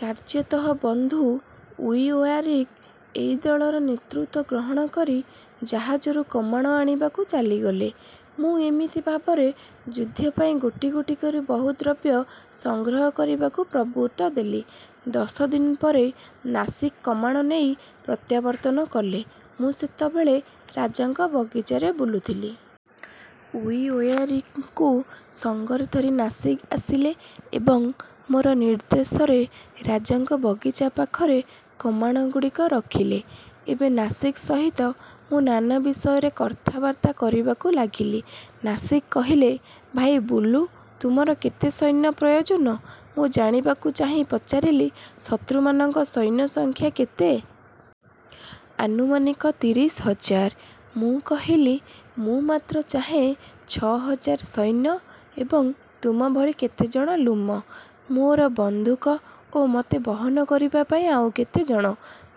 କାର୍ଯ୍ୟତଃ ବନ୍ଧୁ ଇଉଓୟାରକି ଏଇ ଦଳର ନେତୃତ୍ୱ ଗ୍ରହଣ କରି ଜାହାଜରୁ କମାଣ ଆଣିବାକୁ ଚାଲିଗଲେ। ମୁଁ ଏମିତି ଭାବରେ ଯୁଦ୍ଧପାଇଁ ଗୋଟି ଗୋଟି କରି ବହୁ ଦ୍ରବ୍ୟ ସଂଗ୍ରହ କରିବାକୁ ପ୍ରବୃତ୍ତ ହେଲି। ଦଶଦିନ ପରେ ନାସିଗ୍ କମାଣ ନେଇ ପ୍ରତ୍ୟାବର୍ତ୍ତନ କଲେ। ମୁଁ ସେତେବେଳେ ରାଜାଙ୍କ ବଗିଚାରେ ବୁଲୁଥିଲି। ଇଉଓୟାରକିଙ୍କୁ ସଙ୍ଗରେ ଧରି ନାସିଗ୍ ଆସିଲେ ଏବଂ ମୋର ନିର୍ଦ୍ଦେଶରେ ରାଜାଙ୍କ ବଗିଚା ପାଖରେ କମାଣଗୁଡ଼ିକ ରଖିଲେ। ଏବେ ନାସିଗ୍ ସହିତ ମୁଁ ନାନା ବିଷୟରେ କଥାବାର୍ତ୍ତା କରିବାକୁ ଲାଗିଲି। ନାସିଗ୍ କହିଲେ, ଭାଇ ବୁଲୁ, ତୁମର କେତେ ସୈନ୍ୟ ପ୍ରୟୋଜନ? ମୁଁ ଜାଣିବାକୁ ଚାହିଁ ପଚାରିଲି,-ଶତ୍ରୁମାନଙ୍କ ସୈନ୍ୟ ସଂଖ୍ୟା କେତେ? ''ଆନୁମାନିକ ତିରିଶ ହଜାର। '' ମୁଁ କହିଲି-ମୁଁ ମାତ୍ର ଚାହେଁ ଛଅ ହଜାର ସୈନ୍ୟ ଏବଂ ତୁମଭଳି କେତେଜଣ ଲ୍ଲୁମ। ମୋର ବନ୍ଧୁକ ଓ ମୋତେ ବହନ କରିବାପାଇଁ ଆଉ କେତେ ଜଣ।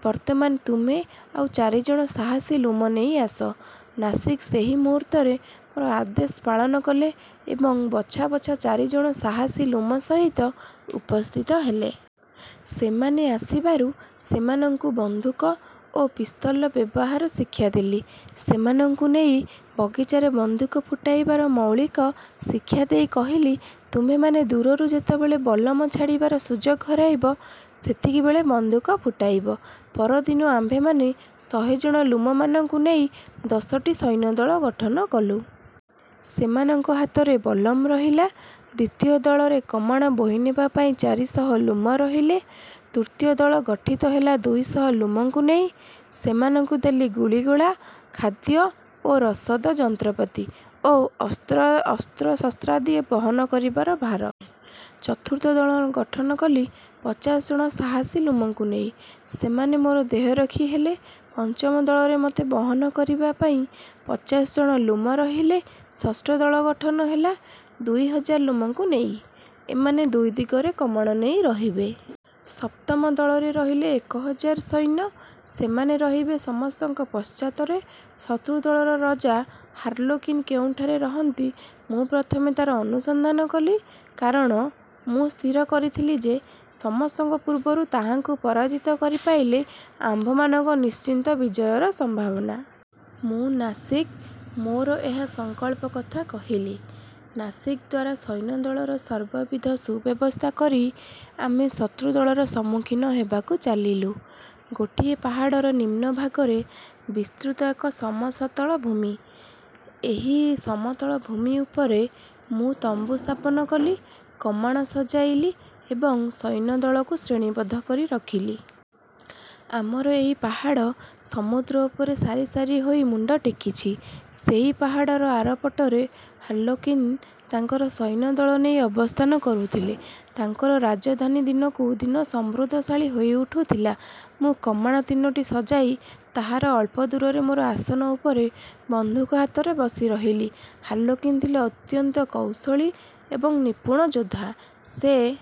ବର୍ତ୍ତମାନ ତୁମେ ଆଉ ଚାରିଜଣ ସାହସୀ ଲ୍ଲୁମ ନେଇ ଆସ। ନାସିଗ୍ ସେହି ମୁହୂର୍ତ୍ତରେ ମୋର ଆଦେଶ ପାଳନ କଲେ ଏବଂ ବଛା ବଛା ଚାରିଜଣ ସାହସୀ ଲ୍ଲୁମ ସହିତ ଉପସ୍ଥିତ ହେଲେ। ସେମାନେ ଆସିବାରୁ ସେମାନଙ୍କୁ ବନ୍ଧୁକ ଓ ପିସ୍ତଲର ବ୍ୟବହାର ଶିକ୍ଷା ଦେଲି। ସେମାନଙ୍କୁ ନେଇ ବଗିଚାରେ ବନ୍ଧୁକ ଫୁଟାଇବାର ମୌଳିକ ଶିକ୍ଷା ଦେଇ କହିଲି, ''ତୁମ୍ଭେମାନେ ଦୂରରୁ ଯେତେବେଳେ ବଲ୍ଲମ ଛାଡ଼ିବାର ସୁଯୋଗ ହରାଇବ। ସେତିକିବେଳେ ବନ୍ଧୁକ ଫୁଟାଇବ। '' ପରଦିନ ଆମ୍ଭେମାନେ ଶହେଜଣ ଲ୍ଲୁମମାନଙ୍କୁ ନେଇ ଦଶଟି ସୈନ୍ୟଦଳ ଗଠନ କଲୁ। ସେମାନଙ୍କ ହାତରେ ବଲ୍ଲମ ରହିଲା। ଦ୍ୱିତୀୟ ଦଳରେ କମାଣ ବୋହି ନେବାପାଇଁ ଚାରି ଶହ ଲ୍ଳୁମ ରହିଲେ। ତୃତୀୟ ଦଳ ଗଠିତ ହେଲା ଦୁଇ ଶହ ଲ୍ଲୁମଙ୍କୁ ନେଇ। ସେମାନଙ୍କୁ ଦେଲି, ଗୁଳିଗୋଳା, ଖାଦ୍ୟ ଓ ରସଦ, ଯନ୍ତ୍ରପାତି ଓ ଅସ୍ତ୍ରଶସ୍ତ୍ରାଦି ବହନ କରିବାର ଭାର। ଚତୁର୍ଥ ଦଳ ଗଠନ କଲି ପଚାଶ ଜଣ ସାହାସୀ ଲ୍ଲୁମଙ୍କୁ ନେି। ସେମାନେ ମୋର ଦେହରକ୍ଷୀ ହେଲେ। ପଞ୍ଚମ ଦଳରେ ମୋତେ ବହନ କରିବାପାଇଁ ପଚାଶ ଜଣ ଲ୍ଲୁମ ରହିଲେ। ଷଷ୍ଠ ଦଳ ଗଠନ ହେଲା, ଦୁଇ ହଜାର ଲ୍ଲୁମଙ୍କୁ ନେଇ। ଏମାନେ ଦୁଇ ଦିଗରେ କମାଣ ନେଇ ରହିବେ। ସପ୍ତମ ଦଳରେ ରହିଲେ ଏକହଜାର ସୈନ୍ୟ। ସେମାନେ ରହିବେ ସମସ୍ତଙ୍କ ପଶ୍ଚାତରେ। ଶତ୍ରୁଦଳର ରଜା ହାର୍ଲୋକିନ କେଉଁଠାରେ ରହନ୍ତି, ମୁଁ ପ୍ରଥମେ ତା'ର ଅନୁସନ୍ଧାନ କଲି-। କାରଣ, ମୁଁ ସ୍ଥିର କରିଥିଲି ଯେ, ସମସ୍ତଙ୍କ ପୂର୍ବରୁ ତାହାଙ୍କୁ ପରାଜିତ କରିପାରିଲେ ଆମ୍ଭମାନଙ୍କ ନିଶ୍ଚିତ ବିଜୟର ସମ୍ଭାବନା। ମୁଁ ନାସିଗ୍ଙ୍କୁ ମୋର ଏହ ସଂକଳ୍ପ କଥା କହିଲି। ନାସିଗ୍ଦ୍ୱାରା ସୈନ୍ୟଦଳର ସର୍ବବିଧ ସୁବ୍ୟବସ୍ଥା କରି ଆମେ ଶତ୍ରୁଦଳର ସମ୍ମୁଖୀନ ହେବାକୁ ଚାଲିଲୁ। ଗୋଟିଏ ପାହାଡ଼ର ନିମ୍ନ ଭାଗରେ ବିସ୍ତୃତ ଏକ ସମସତଳ ଭୂମି। ଏହି ସମତଳ ଭୂମି ଉପରେ ମୁଁ ତମ୍ବୁ ସ୍ଥାପନ କଲି, କମାଣ ସଜାଇଲି ଏବଂ ସୈନ୍ୟଦଳକୁ ଶ୍ରେଣୀବଦ୍ଧ କରି ରଖିଲି। ଆମର ଏଇ ପାହାଡ଼ ସମୁଦ୍ର ଉପରେ ସାରି ସାରି ହୋଇ ମୁଣ୍ଡ ଟେକିଛି। ସେଇ ପାହାଡ଼ର ଆର ପଟରେ ହାର୍ଲୋକିନ ତାଙ୍କର ସୈନ୍ୟଦଳ ନେଇ ଅବସ୍ଥାନ କରୁଥିଲେ। ତାଙ୍କର ରାଜଧାନୀ ଦିନକୁ ଦିନ ସମୃଦ୍ଧିଶାଳୀ ହୋଇଉଠୁଥିଲା। ମୁଁ କମାଣ ତିନୋଟି ସଜାଇ ତାହାର ଅଳ୍ପ ଦୂରରେ ମୋର ଆସନ ଉପରେ ବନ୍ଧୁକ ହାତରେ ବସି ରହିଲି। ହାର୍ଲୋକିନ ଥିଲେ ଅତ୍ୟନ୍ତ କୌଶଳୀ ଏବଂ ନିପୁଣ ଯୋଦ୍ଧା। ସେ